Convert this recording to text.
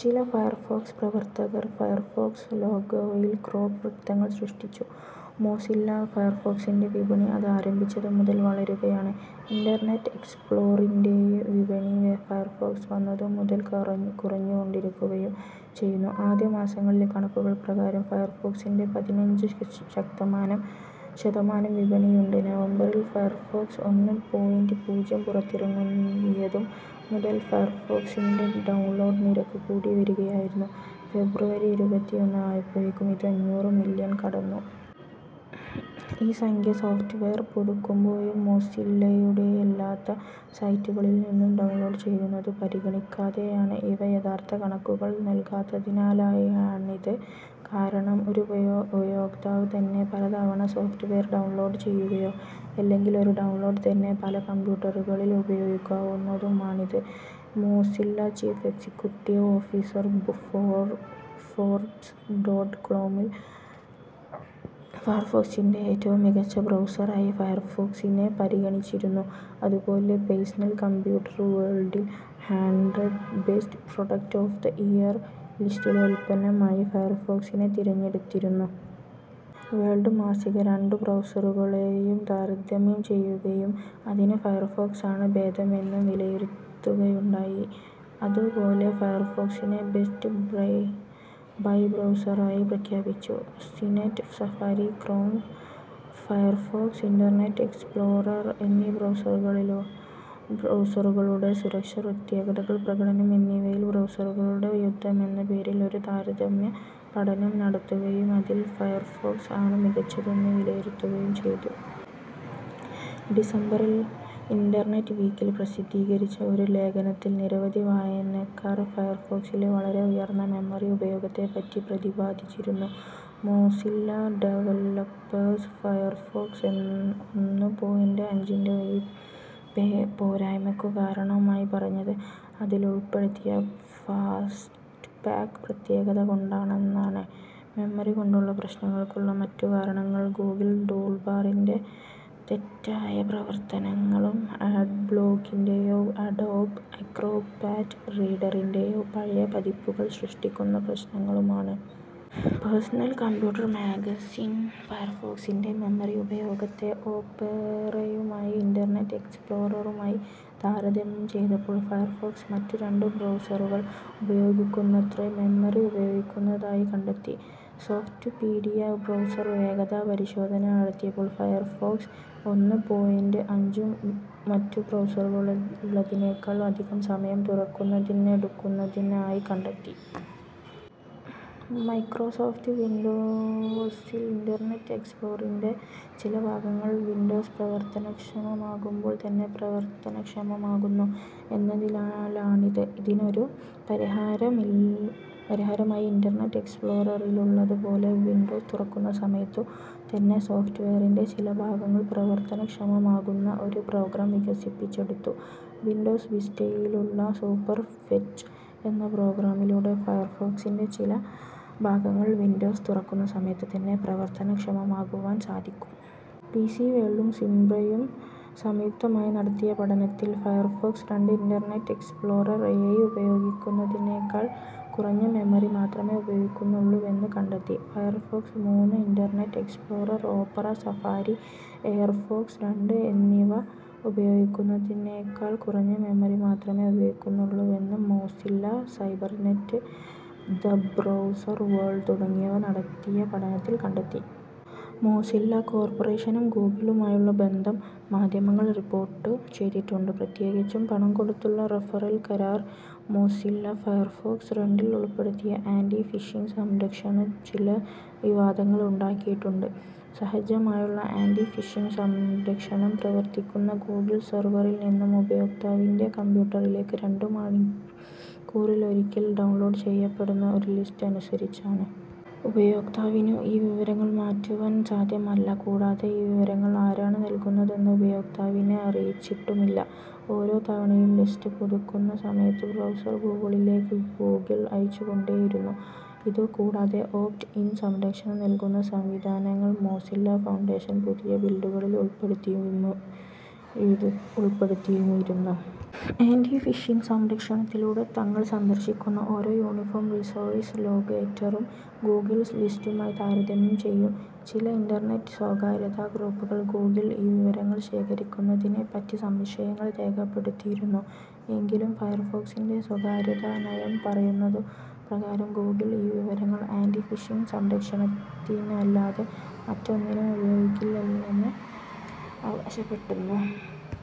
ചില ഫയർഫോക്സ് പ്രവർത്തകർ ഫയർഫോക്സ് ലോഗോയിൽ ക്രോപ്പ് വൃത്തങ്ങൾ സൃഷ്ടിച്ചു. മോസില്ല ഫയർഫോക്സിൻ്റെ വിപണി അത് ആരംഭിച്ചത് മുതൽ വളരുകയാണ്. ഇൻ്റർനെറ്റ് എക്സ്പ്ലോററിൻ്റെ വിപണി ഫയർഫോക്സ് വന്നതു മുതൽ കുറ കുറഞ്ഞുകൊണ്ടിരിക്കുകയും ചെയ്യുന്നു. ആദ്യമാസങ്ങളിലെ കണക്കുകൾ പ്രകാരം ഫയർഫോക്സിന് പതിനഞ്ച് ശതമാനം വിപണിയുണ്ട്. നവംബറിൽ ഫയർഫോക്സ് ഒന്ന് പോയിൻ്റ് പൂജ്യം പുറത്തിറങ്ങിയതു മുതൽ ഫയർഫോക്സിൻ്റെ ഡൗൺലോഡ് നിരക്ക് കൂടി വരികയായിരുന്നു, ഫെബ്രുവരി ഇരുപത്തിയൊന്ന് ആയപ്പോഴേക്കും ഇത് അഞ്ഞൂറ് മില്യൺ കടന്നു. ഈ സംഖ്യ സോഫ്റ്റ്‌വെയർ പുതുക്കുമ്പോഴും, മോസില്ലയുടെയല്ലാത്ത സൈറ്റുകളിൽ നിന്നും ഡൗൺലോഡ് ചെയ്യുന്നത് പരിഗണിക്കാതെയാണ്. ഇവ യഥാർത്ഥ കണക്കുകൾ നൽകാത്തതിനാലാണിത്, കാരണം ഒരു ഉപയോ ഉപയോക്താവ് തന്നെ പലതവണ സോഫ്റ്റ്‌വെയർ ഡൗൺലോഡ് ചെയ്യുകയോ അല്ലെങ്കിൽ ഒരു ഡൗൺലോഡ് തന്നെ പല കമ്പ്യൂട്ടറുകളിൽ ഉപയോഗിക്കാവുന്നതുമാണിത്. Mozilla chief executive officer Forbes dot കോമിൽ ഫയർഫോക്സിൻ്റെ ഏറ്റവും മികച്ച ബ്രൗസറായി ഫയർഫോക്സിനെ പരിഗണിച്ചിരുന്നു, അതുപോലെ പേഴ്സണൽ കമ്പ്യൂട്ടർ വേൾഡിൽ "hundred best product of the year" ലിസ്റ്റിലെ ഉൽപ്പന്നം ആയി ഫയർഫോക്സിനെ തിരഞ്ഞെടുത്തിരുന്നു. വേൾഡ് മാസിക രണ്ടു ബ്രൗസറുകളെയും താരതമ്യം ചെയ്യുകയും അതിൽ ഫയർഫോക്സ് ആണ് ഭേദമെന്നും വിലയിരുത്തുകയുണ്ടായി. അതുപോലെ ഫയർഫോക്സിനെ ബെസ്റ്റ് ബൈ ബ്രൗസറായി പ്രഖ്യാപിച്ചു. CNET Safari, Chrome, Firefox, Internet Explorer എന്നീ ബ്രൗസറുകളിലൊ ബ്രൗസറുകളുടെ സുരക്ഷ പ്രത്യേകതകൾ പ്രകടനം എന്നിവയിൽ ബ്രൗസറുകളുടെ യുദ്ധം എന്ന പേരിൽ ഒരു താരതമ്യപഠനം നടത്തുകയും അതിൽ ഫയർഫോക്സ് ആണു മികച്ചതെന്നു വിലയിരുത്തുകയും ചെയ്തു. ഡിസംബറിൽ ഇൻ്റർനെറ്റ് വീക്കിൽ പ്രസിദ്ധീകരിച്ച ഒരു ലേഖനത്തിൽ നിരവധി വായനക്കാർ ഫയർഫോക്സിലെ വളരെ ഉയർന്ന മെമ്മറി ഉപയോഗത്തെ പറ്റി പ്രതിപാദിച്ചിരുന്നു. മോസില്ല ഡെവലപ്പേർസ് ഫയർഫോക്സ് ഒന്ന് പോയിൻ്റ് അഞ്ചിൻ്റെ ഈ പോരായ്മക്കു കാരണമായി പറഞ്ഞത് അതിലുൾപ്പെടുത്തിയ ഫാസ്റ്റ്ബാക്ക് പ്രത്യേകത കൊണ്ടാണെന്നാണ്. മെമ്മറി കൊണ്ടുള്ള പ്രശ്നങ്ങൾക്കുള്ള മറ്റു കാരണങ്ങൾ ഗൂഗിൾ ടൂൾബാറിൻ്റെ തെറ്റായ പ്രവർത്തനങ്ങളും, ആഡ്ബ്ലോക്കിൻ്റെയോ, അഡോബ് അക്രോബാറ്റ് റീഡറിൻ്റെയോ പഴയ പതിപ്പുകൾ സൃഷ്ടിക്കുന്ന പ്രശ്നങ്ങളുമാണ്. പേഴ്സണൽ കമ്പ്യൂട്ടർ മാഗസിൻ ഫയർഫോക്സിൻ്റെ മെമ്മറി ഉപയോഗത്തെ ഒപേറയുമായും ഇൻ്റർനെറ്റ് എക്സ്പ്ലോററുമായി താരതമ്യം ചെയ്തപ്പോൾ ഫയർഫോക്സ് മറ്റു രണ്ടു ബ്രൗസറുകൾ ഉപയോഗിക്കുന്നത്ര മെമ്മറി ഉപയോഗിക്കുന്നതായി കണ്ടെത്തി. സോഫ്റ്റ്പീഡിയ ബ്രൗസർ വേഗതാ പരിശോധന നടത്തിയപ്പോൾ ഫയർഫോക്സ് ഒന്ന് പോയിൻ്റ് അഞ്ച് മറ്റു ബ്രൗസറുകളേതിനേക്കാൾ അധികം സമയം തുറക്കുന്നതിനെടുക്കുന്നതിനായി കണ്ടെത്തി. മൈക്രോസോഫ്റ്റ് വിൻഡോസിൽ ഇൻ്റർനെറ്റ് എക്സ്പ്ലോററിൻ്റെ ചില ഭാഗങ്ങൾ വിൻഡോസ് പ്രവർത്തനക്ഷമമാകുമ്പോൾ തന്നെ പ്രവർത്തനക്ഷമമാകുന്നു എന്നതിനാലാണിത്. ഇതിനൊരു പരിഹാരമില പരിഹാരമായി ഇൻ്റർനെറ്റ് എക്സ്പ്ലോററിലുള്ളതു പോലെ, വിൻഡോസ് തുറക്കുന്ന സമയത്തു തന്നെ സോഫ്റ്റ്‌വെയറിൻ്റെ ചില ഭാഗങ്ങൾ പ്രവർത്തനക്ഷമമാക്കുന്ന ഒരു പ്രോഗ്രാം വികസിപ്പിച്ചെടുത്തു. വിൻഡോസ് വിസ്റ്റയിലുള്ള സൂപ്പർഫെച്ച് എന്ന പ്രോഗ്രാമിലൂടെ ഫയർഫോക്സിൻ്റെ ചില ഭാഗങ്ങൾ വിൻഡോസ് തുറക്കുന്ന സമയത്ത് തന്നെ പ്രവർത്തനക്ഷമമാക്കുവാൻ സാധിക്കും. പി. സി. വേൾഡും സിംബ്രയും സംയുക്തമായി നടത്തിയ പഠനത്തിൽ ഫയർഫോക്സ് രണ്ട്, ഇൻ്റർനെറ്റ് എക്സ്പ്ലൊറർ ഏഴ് ഉപയോഗിക്കുന്നതിനേക്കാൾ കുറഞ്ഞ മെമ്മറി മാത്രമേ ഉപയോഗിക്കുന്നുള്ളൂവെന്ന് കണ്ടെത്തി. ഫയർഫോക്സ് മൂന്ന് Internet Explorer, Opera, Safari, Firefox രണ്ട് എന്നിവ ഉപയോഗിക്കുന്നതിനേക്കാൾ കുറഞ്ഞ മെമ്മറി മാത്രമേ ഉപയോഗിക്കുന്നുള്ളുവെന്ന് Mozilla, Cybernet, the browser world തുടങ്ങിയവ നടത്തിയ പഠനത്തിൽ കണ്ടെത്തി. മോസില്ല കോർപ്പറേഷനും ഗൂഗിളുമായുള്ള ബന്ധം മാധ്യമങ്ങൾ റിപ്പോർട്ട് ചെയ്തിട്ടുണ്ട്, പ്രത്യേകിച്ചും പണം കൊടുത്തുള്ള റഫറൽ കരാർ. മോസില്ല ഫയർഫോക്സ് രണ്ടിൽ ഉൾപ്പെടുത്തിയ ആൻ്റി ഫിഷിങ്ങ് സംരക്ഷണം ചില വിവാദങ്ങൾ ഉണ്ടാക്കിയിട്ടുണ്ട്.: സഹജമായുള്ള ആൻ്റി ഫിഷിങ്ങ് സംരക്ഷണം പ്രവർത്തിക്കുന്ന ഗൂഗിൾ സെർവറിൽ നിന്നും ഉപയോക്താവിന്റെ കമ്പ്യൂട്ടറിലേക്ക് രണ്ടു മണിക്കൂറിലൊരിക്കൽ ഡൗൺലോഡ് ചെയ്യപ്പെടുന്ന ഒരു ലിസ്റ്റ് അനുസരിച്ചാണ്. ഉപയോക്താവിനു ഈ വിവരങ്ങൾ മാറ്റുവാൻ സാദ്ധ്യമല്ല, കൂടാതെ ഈ വിവരങ്ങൾ ആരാണു നൽകുന്നതെന്ന് ഉപയോക്താവിനെ അറിയിച്ചിട്ടുമില്ല. ഓരോ തവണയും ലിസ്റ്റ് പുതുക്കുന്ന സമയത്ത് ബ്രൗസർ ഗൂഗിളിലേക്ക് കുക്കികൾ അയച്ചു കൊണ്ടേയിരുന്നു. ഇതു കൂടാതെ, ഓപ്റ്റ് -ഇൻ സംരക്ഷണം നൽകുന്ന സംവിധാനങ്ങൾ മോസില്ല ഫൗണ്ടേഷൻ പുതിയ ബിൽഡുകളിൽ ഉൾപെടുത്തിയിരുന്നു ഉൾപ്പെടുത്തിയുമിരുന്നു. ആൻ്റി ഫിഷിങ്ങ് സംരക്ഷണത്തിലൂടെ, തങ്ങൾ സന്ദർശിക്കുന്ന ഓരോ യൂണിഫോം റിസോഴ്‌സ് ലൊക്കേറ്ററും ഗൂഗിളിൻ്റെ ലിസ്റ്റുമായി താരതമ്യം ചെയ്യും. ചില ഇൻ്റർനെറ്റ് സ്വകാര്യതാ ഗ്രൂപ്പുകൾ ഗൂഗിൾ ഈ വിവരങ്ങൾ ശേഖരിക്കുന്നതിനെ പറ്റി സംശയങ്ങൾ രേഖപ്പെടുത്തിയിരുന്നു, എങ്കിലും ഫയർഫോക്സിൻ്റെ സ്വകാര്യതാ നയം പറയുന്നതു പ്രകാരം ഗൂഗിൾ ഈ വിവരങ്ങൾ ആൻ്റി ഫിഷിങ്ങ് സംരക്ഷണത്തിനല്ലാതെ മറ്റൊന്നിനും ഉപയോഗിക്കില്ലെന്ന് അവകാശപ്പെടുന്നു.